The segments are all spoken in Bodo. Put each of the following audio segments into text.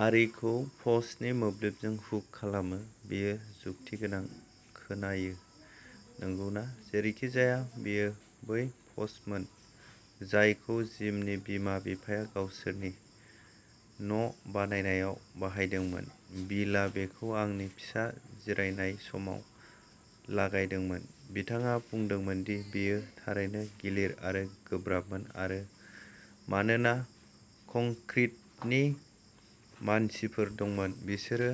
आरीखौ पस्टनि मोब्लिबजों हुक खालामो बेयो जुक्तिगोनां खोनायो नंगौना जेरैखिजाया बेयो बै पस्टमोन जायखौ जिमनि बिमा बिफाया गावसोरनि न'बानायनायाव बाहायदोंमोन बिलआ बेखौ आंनि फिसा जिरायनाय समाव लागायदोंमोन बिथाङा बुंदोंमोन दि बेयो थारैनो गिलिर आरो गोब्राबमोन आरो मानोना कंक्रिटनि मानसिफोर दंमोन बिसोरो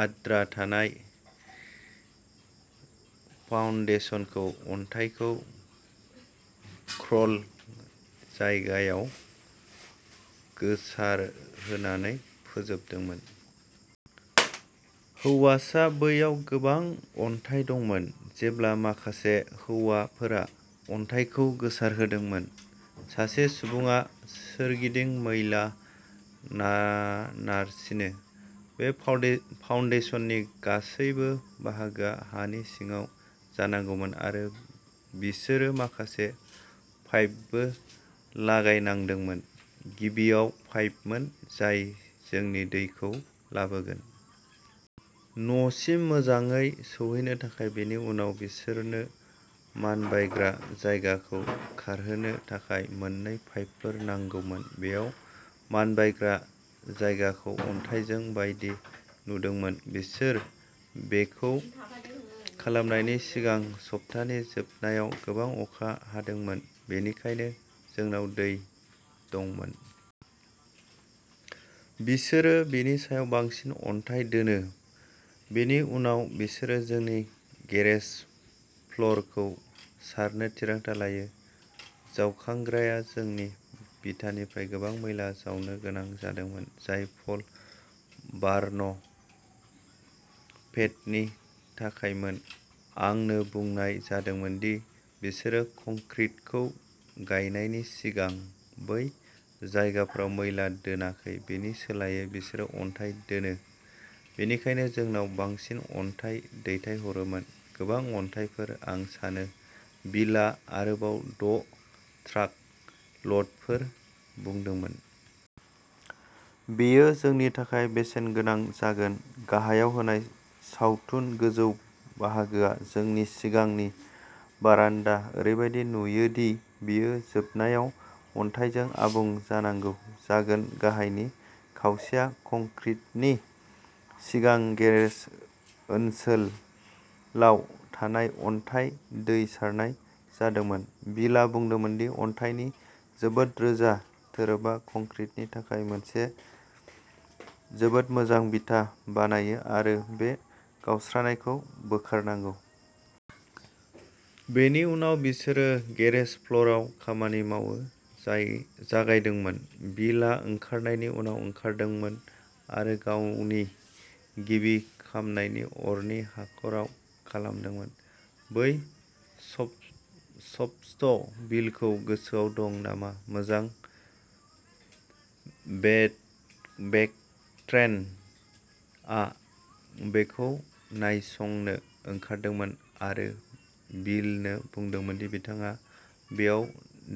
आद्रा थानाय फाउन्डेशनखौ अन्थाइखौ क्रल जायगायाव गोसारहोनानै फोजोबदोंमोन। हौवासाआ बैयाव गोबां अन्थाइ दंमोन जेब्ला माखासे हौवाफोरा अन्थाइखौ गोसारहोदोंमोन सासे सुबुङा सोरगिदिं मैला ना नारसिनो! बे फाउ फाउन्डेशननि गासैबो बाहागोआ हानि सिङाव जानांगौमोन आरो बिसोरो माखासे पाइपबो लागायनांदोंमोन गिबियाव पाइपमोन जाय जोंनि दैखौ लाबोगोन न'सिम मोजाङै सौहैनो थाखाय बेनि उनाव बिसोरनो मानबायग्रा जायगाखौ खारहोनो थाखाय मोननै पाइपफोर नांगौमोन बेयाव मानबायग्रा जायगाखौ अन्थाइजों बायदि नुदोंमोन बिसोर बेखौ खालामनायनि सिगां सप्तानि जोबनायाव गोबां अखा हादोंमोन बेनिखायनो जोंनाव दै दंमोन बिसोरो बेनि सायाव बांसिन अन्थाइ दोनो बेनि उनाव बिसोरो जोंनि गेरेज फ्ल'रखौ सारनो थिरांथा लायो जावखांग्राया जोंनि बिथानिफ्राय गोबां मैला जावनो गोनां जादोंमोन जाय प'ल बार्न पेडनि थाखायमोन आंनो बुंनाय जादोंमोन दि बिसोरो कंक्रिटखौ गायनायनि सिगां बै जायगाफोराव मैला दोनाखै बिनि सोलायै बिसोरो अन्थाइ दोनो बेनिखायनो जोंनाव बांसिन अन्थाइ दैथायहरोमोन गोबां अन्थाइफोर आं सानो बिलआ आरोबाव द' ट्राक ल'डफोर बुंदोंमोन। बेयो जोंनि थाखाय बेसेन गोनां जागोन गाहायाव होनाय सावथुनाव गोजौ बाहागोआ जोंनि सिगांनि बारान्दा ओरैबायदि नुयो दि बेयो जोबनायाव अन्थाइजों आबुं जानांगौ जागोन गाहायनि खावसेया कंक्रिटनि सिगां गेरेज ओनसोलाव थानाय अन्थाइ दै सारनाय जादोंमोन बिलआ बुंदोंमोन दि अन्थाइनि जोबोद रोजा थोरोबआ कंक्रिटनि थाखाय मोनसे जोबोद मोजां बिथा बानायो आरो बे गावस्रानायखौ बोखारनांगौ। बेनि उनाव बिसोरो गेरेज फ्ल'रआव खामानि मावनो जागायदोंमोन। बिलआ ओंखारनायनि उनाव ओंखारदोंमोन आरो गावनि गिबि खामनायखौ अरनि हाखराव खालामदोंमोन। बै स'पस्ट बिलखौ गोसोआव दं नामा मोजां भेक्ट्रेनआ बेखौ नायसंनो ओंखारदोंमोन आरो बिलनो बुंदोंमोन दि बिथाङा बेयाव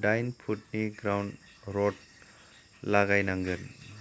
दाइन फुटनि ग्राउन्ड रड लागायनांगोन।